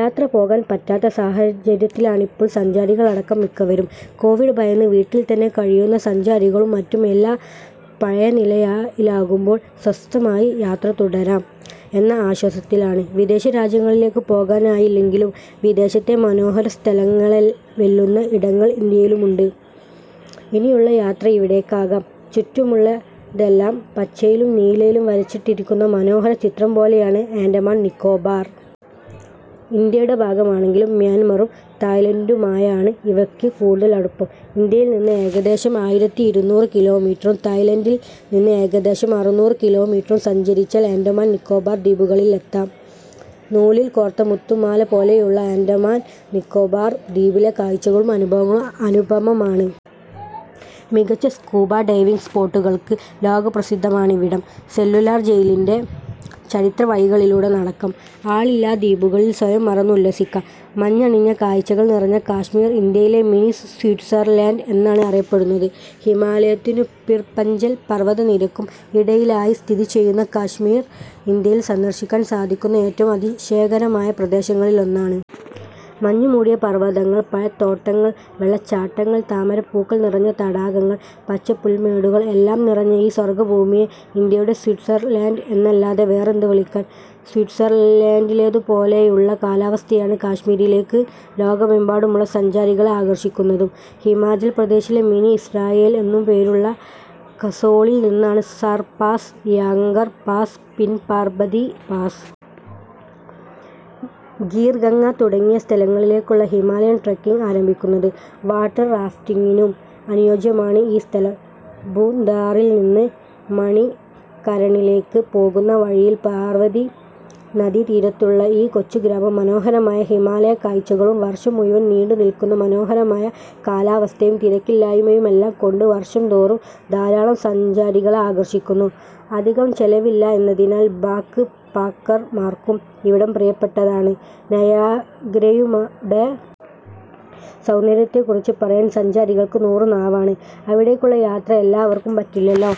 യാത്ര പോകാൻ പറ്റാത്ത സാഹചര്യത്തിലാണിപ്പോൾ സഞ്ചാരികളടക്കം മിക്കവരും. കോവിഡ് ഭയന്ന് വീട്ടിൽത്തന്നെ കഴിയുന്ന സഞ്ചാരികളും മറ്റും എല്ലാം പഴയനിലയായിലാകുമ്പോൾ സ്വസ്ഥമായി യാത്ര തുടരാം എന്ന ആശ്വാസത്തിലാണ്. വിദേശരാജ്യങ്ങളിലേക്ക് പോകാനായില്ലെങ്കിലും വിദേശത്തെ മനോഹര സ്ഥലങ്ങളെ വെല്ലുന്ന ഇടങ്ങൾ ഇന്ത്യയിലുമുണ്ട്. ഇനിയുള്ള യാത്ര ഇവിടേക്കാകാം. ചുറ്റുമുള്ളതെല്ലാം പച്ചയിലും നീലയിലും വരച്ചിട്ടിരിക്കുന്ന മനോഹര ചിത്രം പോലെയാണ് ആൻഡമാൻ നിക്കോബാർ. ഇന്ത്യയുടെ ഭാഗമാണെങ്കിലും മ്യാൻമറും തായ്‌ലൻഡുമായാണ് ഇവയ്ക്ക് കൂടുതൽ അടുപ്പം. ഇന്ത്യയിൽ നിന്ന് ഏകദേശം ആയിരത്തി ഇരുന്നൂറ് കിലോമീറ്ററും തായ്‌ലൻഡിൽ നിന്ന് ഏകദേശം അറുനൂറ് കിലോമീറ്ററും സഞ്ചരിച്ചാൽ ആൻഡമാൻ നിക്കോബാർ ദ്വീപുകളിൽ എത്താം. നൂലിൽ കോർത്ത മുത്തുമാല പോലെയുള്ള ആൻഡമാൻ നിക്കോബാർ ദ്വീപിലെ കാഴ്ചകളും അനുഭവങ്ങളും അനുപമമാണ്. മികച്ച സ്കൂബ ഡൈവിങ് സ്പോട്ടുകൾക്ക് ലോകപ്രസിദ്ധമാണിവിടം. സെല്ലുലാർ ജയിലിൻറെ ചരിത്രവഴികളിലൂടെ നടക്കാം. ആളില്ലാ ദ്വീപുകളിൽ സ്വയം മറന്ന് ഉല്ലസിക്കാം. മഞ്ഞണിഞ്ഞ കാഴ്ചകൾ നിറഞ്ഞ കശ്മീർ ഇന്ത്യയിലെ മിനി സ്വിറ്റ്സർലൻഡ് എന്നാണ് അറിയപ്പെടുന്നത്. ഹിമാലയത്തിനും പിർ പഞ്ചൽ പർവതനിരയ്ക്കും ഇടയിലായി സ്ഥിതി ചെയ്യുന്ന കശ്മീർ ഇന്ത്യയിൽ സന്ദർശിക്കാൻ സാധിക്കുന്ന ഏറ്റവും അതിശയകരമായ പ്രദേശങ്ങളിലൊന്നാണ്. മഞ്ഞുമൂടിയ പർവതങ്ങൾ. പഴത്തോട്ടങ്ങൾ. വെള്ളച്ചാട്ടങ്ങൾ. താമരപ്പൂക്കൾ നിറഞ്ഞ തടാകങ്ങൾ. പച്ചപ്പുൽമേടുകൾ. എല്ലാം നിറഞ്ഞ ഈ സ്വർഗഭൂമിയെ ഇന്ത്യയുടെ സ്വിറ്റ്സർലൻഡ് എന്നല്ലാതെ വേറെന്ത് വിളിക്കാൻ. സ്വിറ്റ്സർലൻഡിലേതുപോലെയുള്ള കാലാവസ്ഥയാണ് കശ്മീരിലേക്ക് ലോകമെമ്പാടുമുള്ള സഞ്ചാരികളെ ആകർഷിക്കുന്നതും. ഹിമാചൽ പ്രദേശിലെ മിനി ഇസ്രയേൽ എന്നും പേരുള്ള കസോളിൽനിന്നാണ് സർപാസ്. യാങ്കർ പാസ്. പിൻപാർബതി പാസ്. ഖീർഗംഗ തുടങ്ങിയ സ്ഥലങ്ങളിലേക്കുള്ള ഹിമാലയൻ ട്രെക്കിങ് ആരംഭിക്കുന്നത്. വാട്ടർ റാഫ്റ്റിങ്ങിനും അനുയോജ്യമാണ് ഈ സ്ഥലം. ഭുന്താറിൽനിന്ന് മണികരണിലേക്ക് പോകുന്ന വഴിയിൽ പാർവതി നദീതീരത്തുള്ള ഈ കൊച്ചുഗ്രാമം മനോഹരമായ ഹിമാലയക്കാഴ്ചകളും വർഷം മുഴുവൻ നീണ്ടുനിൽക്കുന്ന മനോഹരമായ കാലാവസ്ഥയും തിരക്കില്ലായ്മയുമെല്ലാം കൊണ്ട് വർഷംതോറും ധാരാളം സഞ്ചാരികളെ ആകർഷിക്കുന്നു. അധികം ചെലവില്ല എന്നതിനാൽ ബാക്ക്പാക്കർമാർക്കും ഇവിടം പ്രിയപ്പെട്ടതാണ്. നയാഗ്രയുമാടെ സൗന്ദര്യത്തെക്കുറിച്ച് പറയാൻ സഞ്ചാരികൾക്ക് നൂറുനാവാണ്. അവിടേക്കുള്ള യാത്ര എല്ലാവർക്കും പറ്റില്ലല്ലോ.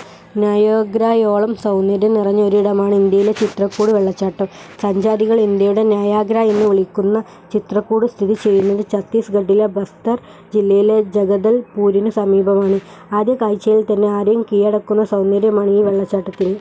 നയാഗ്രയോളം സൗന്ദര്യം നിറഞ്ഞ ഒരിടമാണ് ഇന്ത്യയിലെ ചിത്രകൂട് വെള്ളച്ചാട്ടം. സഞ്ചാരികൾ ഇന്ത്യയുടെ നയാഗ്ര എന്നു വിളിക്കുന്ന ചിത്രകൂട് സ്ഥിതി ചെയ്യുന്നത് ഛത്തീസ്ഗഢിലെ ബസ്തർ ജില്ലയിലെ ജഗദൽപുരിന് സമീപമാണ്. ആദ്യകാഴ്ചയിൽത്തന്നെ ആരെയും കീഴടക്കുന്ന സൗന്ദര്യമാണ് ഈ വെള്ളച്ചാട്ടത്തിന്.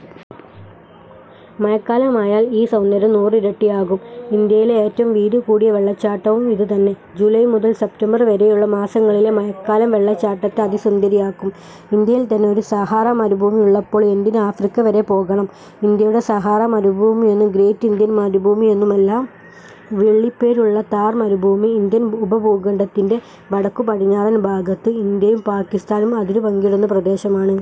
മഴക്കാലമായാൽ ഈ സൗന്ദര്യം നൂറിരട്ടിയാകും. ഇന്ത്യയിലെ ഏറ്റവും വീതികൂടിയ വെള്ളച്ചാട്ടവും ഇതുതന്നെ. ജൂലൈ മുതൽ സെപ്റ്റംബർ വരെയുള്ള മാസങ്ങളിലെ മഴക്കാലം വെള്ളച്ചാട്ടത്തെ അതിസുന്ദരിയാക്കും. ഇന്ത്യയിൽത്തന്നെ ഒരു സഹാറ മരുഭൂമിയുള്ളപ്പോൾ എന്തിന് ആഫ്രിക്ക വരെ പോകണം. ഇന്ത്യയുടെ സഹാറ മരുഭൂമിയെന്നും ഗ്രേറ്റ് ഇന്ത്യൻ മരുഭൂമിയെന്നുമെല്ലാം വിളിപ്പേരുള്ള താർ മരുഭൂമി ഇന്ത്യൻ ഉപഭൂഖണ്ഡത്തിൻറെ വടക്കുപടിഞ്ഞാറൻ ഭാഗത്ത് ഇന്ത്യയും പാക്കിസ്ഥാനും അതിരു പങ്കിടുന്ന പ്രദേശമാണ്.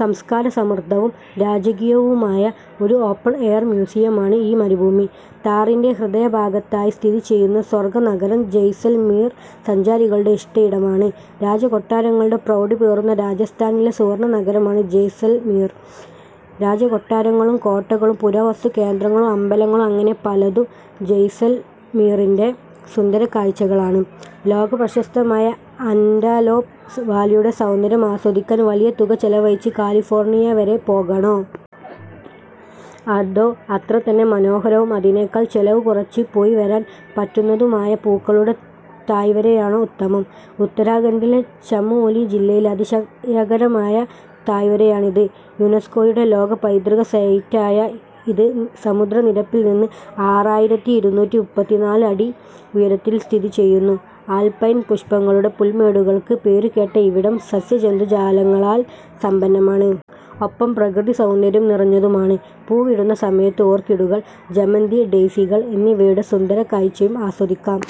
സംസ്കാരസമൃദ്ധവും രാജകീയവുമായ ഒരു ഓപ്പൺ എയർ മ്യൂസിയമാണ് ഈ മരുഭൂമി. താറിൻറെ ഹൃദയഭാഗത്തായി സ്ഥിതിചെയ്യുന്ന സ്വർഗനഗരം ജയ്‌സൽമീർ സഞ്ചാരികളുടെ ഇഷ്ടയിടമാണ്. രാജകൊട്ടാരങ്ങളുടെ പ്രൗഢി പേറുന്ന രാജസ്ഥാനിലെ സുവർണനഗരമാണ് ജയ്‌സൽമീർ. രാജകൊട്ടാരങ്ങളും കോട്ടകളും പുരാവസ്തുകേന്ദ്രങ്ങളും അമ്പലങ്ങളും അങ്ങനെ പലതും ജയ്‌സൽമീറിൻറെ സുന്ദരകാഴ്ചകളാണ്. ലോകപ്രശസ്തമായ അന്റലോപ്സ് വാലിയുടെ സൗന്ദര്യം ആസ്വദിക്കാൻ വലിയ തുക ചെലവഴിച്ച് കാലിഫോർണിയ വരെ പോകണോ. അതോ അത്രതന്നെ മനോഹരവും അതിനേക്കാൾ ചെലവുകുറച്ച് പോയിവരാൻ പറ്റുന്നതുമായ പൂക്കളുടെ താഴ്വരയാണോ ഉത്തമം. ഉത്തരാഖണ്ഡിലെ ചമോലി ജില്ലയിൽ അതിശ ശയകരമായ താഴ്വരയാണിത്. യുനെസ്കോയുടെ ലോക പൈതൃക സൈറ്റായ ഇത് സമുദ്രനിരപ്പിൽനിന്ന് ആറായിരത്തി ഇരുന്നൂറ്റി മുപ്പത്തിനാല് അടി ഉയരത്തിൽ സ്ഥിതി ചെയ്യുന്നു. ആൽപൈൻ പുഷ്പങ്ങളുടെ പുൽമേടുകൾക്ക് പേരുകേട്ട ഇവിടം സസ്യജന്തുജാലങ്ങളാൽ സമ്പന്നമാണ്. ഒപ്പം പ്രകൃതിസൗന്ദര്യം നിറഞ്ഞതുമാണ്. പൂവിടുന്ന സമയത്ത് ഓർക്കിഡുകൾ. ജമന്തി. ഡെയ്സികൾ എന്നിവയുടെ സുന്ദരകാഴ്ചയും ആസ്വദിക്കാം.